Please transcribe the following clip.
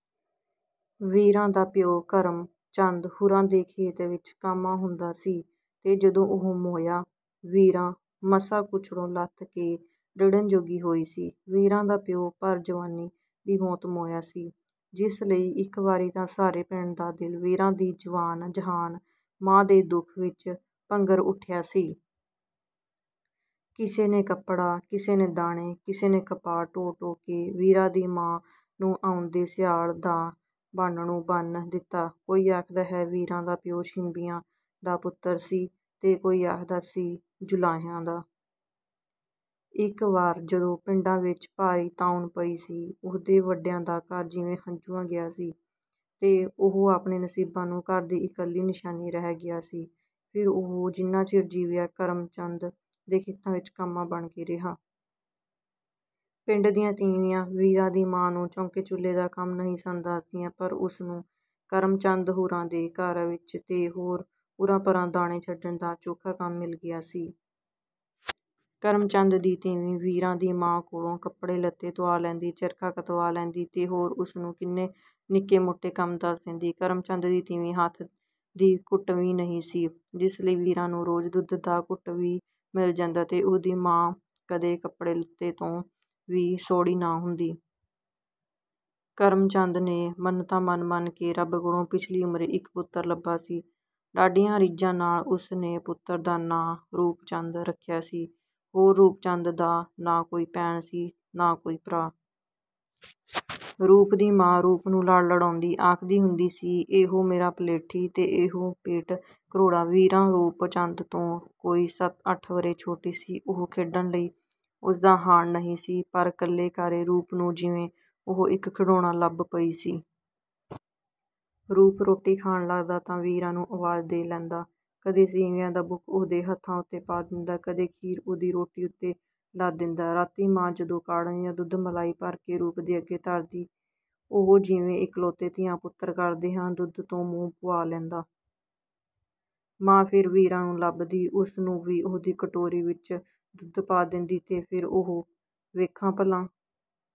ਵੀਰਾਂ ਦਾ ਪਿਓ ਕਰਮ ਚੰਦ ਹੁਰਾਂ ਦੇ ਖੇਤ ਵਿੱਚ ਕਾਮਾ ਹੁੰਦਾ ਸੀ ਤੇ ਜਦੋਂ ਉਹ ਮੋਇਆ, ਵੀਰਾਂ ਮਸਾਂ ਕੁਛੜੋਂ ਲੱਥ ਕੇ ਰਿੜ੍ਹਨ ਜੋਗੀ ਹੋਈ ਸੀ। ਵੀਰਾਂ ਦਾ ਪਿਓ ਭਰ ਜਵਾਨੀ ਦੀ ਮੌਤ ਮੋਇਆ ਸੀ, ਜਿਸ ਲਈ ਇੱਕ ਵਾਰੀ ਤਾਂ ਸਾਰੇ ਪਿੰਡ ਦਾ ਦਿਲ ਵੀਰਾਂ ਦੀ ਜਵਾਨ-ਜਹਾਨ ਮਾਂ ਦੇ ਦੁੱਖ ਵਿੱਚ ਪੰਘਰ ਉੱਠਿਆ ਸੀ। ਕਿਸੇ ਨੇ ਕੱਪੜਾ, ਕਿਸੇ ਨੇ ਦਾਣੇ, ਕਿਸੇ ਨੇ ਕਪਾਹ ਢੋ-ਢੋ ਕੇ ਵੀਰਾਂ ਦੀ ਮਾਂ ਨੂੰ ਆਉਂਦੇ ਸਿਆਲ ਦਾ ਬਾਨ੍ਹਣੂ ਬੰਨ੍ਹ ਦਿੱਤਾ। ਕੋਈ ਆਖਦਾ ਹੈ ਵੀਰਾਂ ਦਾ ਪਿਓ ਛੀਂਬਿਆਂ ਦਾ ਪੁੱਤਰ ਸੀ ਤੇ ਕੋਈ ਆਖਦਾ ਸੀ ਜੁਲਾਹਿਆਂ ਦਾ। ਇੱਕ ਵਾਰ, ਜਦੋਂ ਪਿੰਡਾਂ ਵਿੱਚ ਭਾਰੀ ਤਾਊਨ ਪਈ ਸੀ, ਉਹਦੇ ਵੱਡਿਆਂ ਦਾ ਘਰ ਜਿਵੇਂ ਹੂੰਝਿਆ ਗਿਆ ਸੀ ਤੇ ਉਹ ਆਪਣੇ ਨਸੀਬਾਂ ਨੂੰ ਘਰ ਦੀ ਇਕੱਲੀ ਨਿਸ਼ਾਨੀ ਰਹਿ ਗਿਆ ਸੀ। ਫਿਰ ਉਹ ਜਿੰਨਾ ਚਿਰ ਜੀਵਿਆ, ਕਰਮ ਚੰਦ ਦੇ ਖੇਤਾਂ ਵਿੱਚ ਕਾਮਾ ਬਣ ਕੇ ਰਿਹਾ। ਪਿੰਡ ਦੀਆਂ ਤੀਵੀਆਂ ਵੀਰਾਂ ਦੀ ਮਾਂ ਨੂੰ ਚੌਂਕੇ-ਚੁੱਲ੍ਹੇ ਦਾ ਕੰਮ ਨਹੀਂ ਸਨ ਦੱਸਦੀਆਂ, ਪਰ ਉਸ ਨੂੰ ਕਰਮ ਚੰਦ ਹੁਰਾਂ ਦੇ ਘਰ ਵਿੱਚ ਤੇ ਹੋਰ ਉਰ੍ਹਾਂ-ਪਰ੍ਹਾਂ ਦਾਣੇ ਛੜਨ ਦਾ ਚੋਖਾ ਕੰਮ ਮਿਲ ਗਿਆ ਸੀ। ਕਰਮ ਚੰਦ ਦੀ ਤੀਵੀਂ ਵੀਰਾਂ ਦੀ ਮਾਂ ਕੋਲੋਂ ਕੱਪੜੇ-ਲੱਤੇ ਧੁਆ ਲੈਂਦੀ, ਚਰਖਾ ਕਤਵਾ ਲੈਂਦੀ ਤੇ ਹੋਰ ਉਸ ਨੂੰ ਕਿੰਨੇ ਨਿੱਕੇ-ਮੋਟੇ ਕੰਮ ਦੱਸ ਦੇਂਦੀ। ਕਰਮ ਚੰਦ ਦੀ ਤੀਵੀਂ ਹੱਥ ਦੀ ਘੁੱਟਵੀਂ ਨਹੀਂ ਸੀ, ਜਿਸ ਲਈ ਵੀਰਾਂ ਨੂੰ ਰੋਜ਼ ਦੁੱਧ ਦਾ ਘੁੱਟ ਵੀ ਮਿਲ ਜਾਂਦਾ ਤੇ ਉਹਦੀ ਮਾਂ ਕਦੇ ਕੱਪੜੇ-ਲੱਤੇ ਤੋਂ ਵੀ ਸੌੜੀ ਨਾ ਹੁੰਦੀ। ਕਰਮ ਚੰਦ ਨੇ ਮੰਨਤਾਂ ਮੰਨ-ਮੰਨ ਕੇ ਰੱਬ ਕੋਲੋਂ ਪਿਛਲੀ ਉਮਰੇ ਇੱਕ ਪੁੱਤਰ ਲੱਭਾ ਸੀ। ਡਾਢੀਆਂ ਰੀਝਾਂ ਨਾਲ ਉਸ ਨੇ ਪੁੱਤਰ ਦਾ ਨਾਂ ਰੂਪ ਚੰਦ ਰੱਖਿਆ ਸੀ। ਹੋਰ ਰੂਪ ਚੰਦ ਦਾ ਨਾ ਕੋਈ ਭੈਣ ਸੀ, ਨਾ ਕੋਈ ਭਰਾ। ਰੂਪ ਦੀ ਮਾਂ ਰੂਪ ਨੂੰ ਲਾਡ ਲਡਾਉਂਦੀ ਆਖਦੀ ਹੁੰਦੀ ਸੀ, “ਇਹੋ ਮੇਰਾ ਪਲੇਠੀ ਤੇ ਇਹੋ ਪੇਟ-ਘਰੋੜਾ।” ਵੀਰਾਂ ਰੂਪ ਚੰਦ ਤੋਂ ਕੋਈ ਸੱਤ-ਅੱਠ ਵਰ੍ਹੇ ਛੋਟੀ ਸੀ। ਉਹ ਖੇਡਣ ਲਈ ਉਸ ਦਾ ਹਾਣ ਨਹੀਂ ਸੀ, ਪਰ ਕੱਲੇ-ਕਾਰੇ ਰੂਪ ਨੂੰ ਜਿਵੇਂ ਉਹ ਇੱਕ ਖਿਡੌਣਾ ਲੱਭ ਪਈ ਸੀ। ਰੂਪ ਰੋਟੀ ਖਾਣ ਲੱਗਦਾ ਤਾਂ ਵੀਰਾਂ ਨੂੰ ਆਵਾਜ਼ ਦੇ ਲੈਂਦਾ। ਕਦੇ ਸੇਵੀਆਂ ਦਾ ਬੁੱਕ ਉਹਦੇ ਹੱਥਾਂ ਉੱਤੇ ਪਾ ਦਿੰਦਾ, ਕਦੇ ਖੀਰ ਉਹਦੀ ਰੋਟੀ ਉੱਤੇ ਲੱਦ ਦੇਂਦਾ। ਰਾਤੀਂ ਮਾਂ ਜਦੋਂ ਕਾੜ੍ਹਨੀ ਦਾ ਦੁੱਧ ਮਲਾਈ ਭਰ ਕੇ ਰੂਪ ਦੇ ਅੱਗੇ ਧਰਦੀ, ਉਹ, ਜਿਵੇਂ ਇਕਲੌਤੇ ਧੀਆਂ-ਪੁੱਤਰ ਕਰਦੇ ਹਨ, ਦੁੱਧ ਤੋਂ ਮੂੰਹ ਭੁਆ ਲੈਂਦਾ। ਮਾਂ ਫਿਰ ਵੀਰਾਂ ਨੂੰ ਲੱਭਦੀ, ਉਸ ਨੂੰ ਵੀ ਉਹਦੀ ਕਟੋਰੀ ਵਿੱਚ ਦੁੱਧ ਪਾ ਦੇਂਦੀ ਤੇ ਫਿਰ ਉਹ, “ਵੇਖਾਂ ਭਲਾਂ...”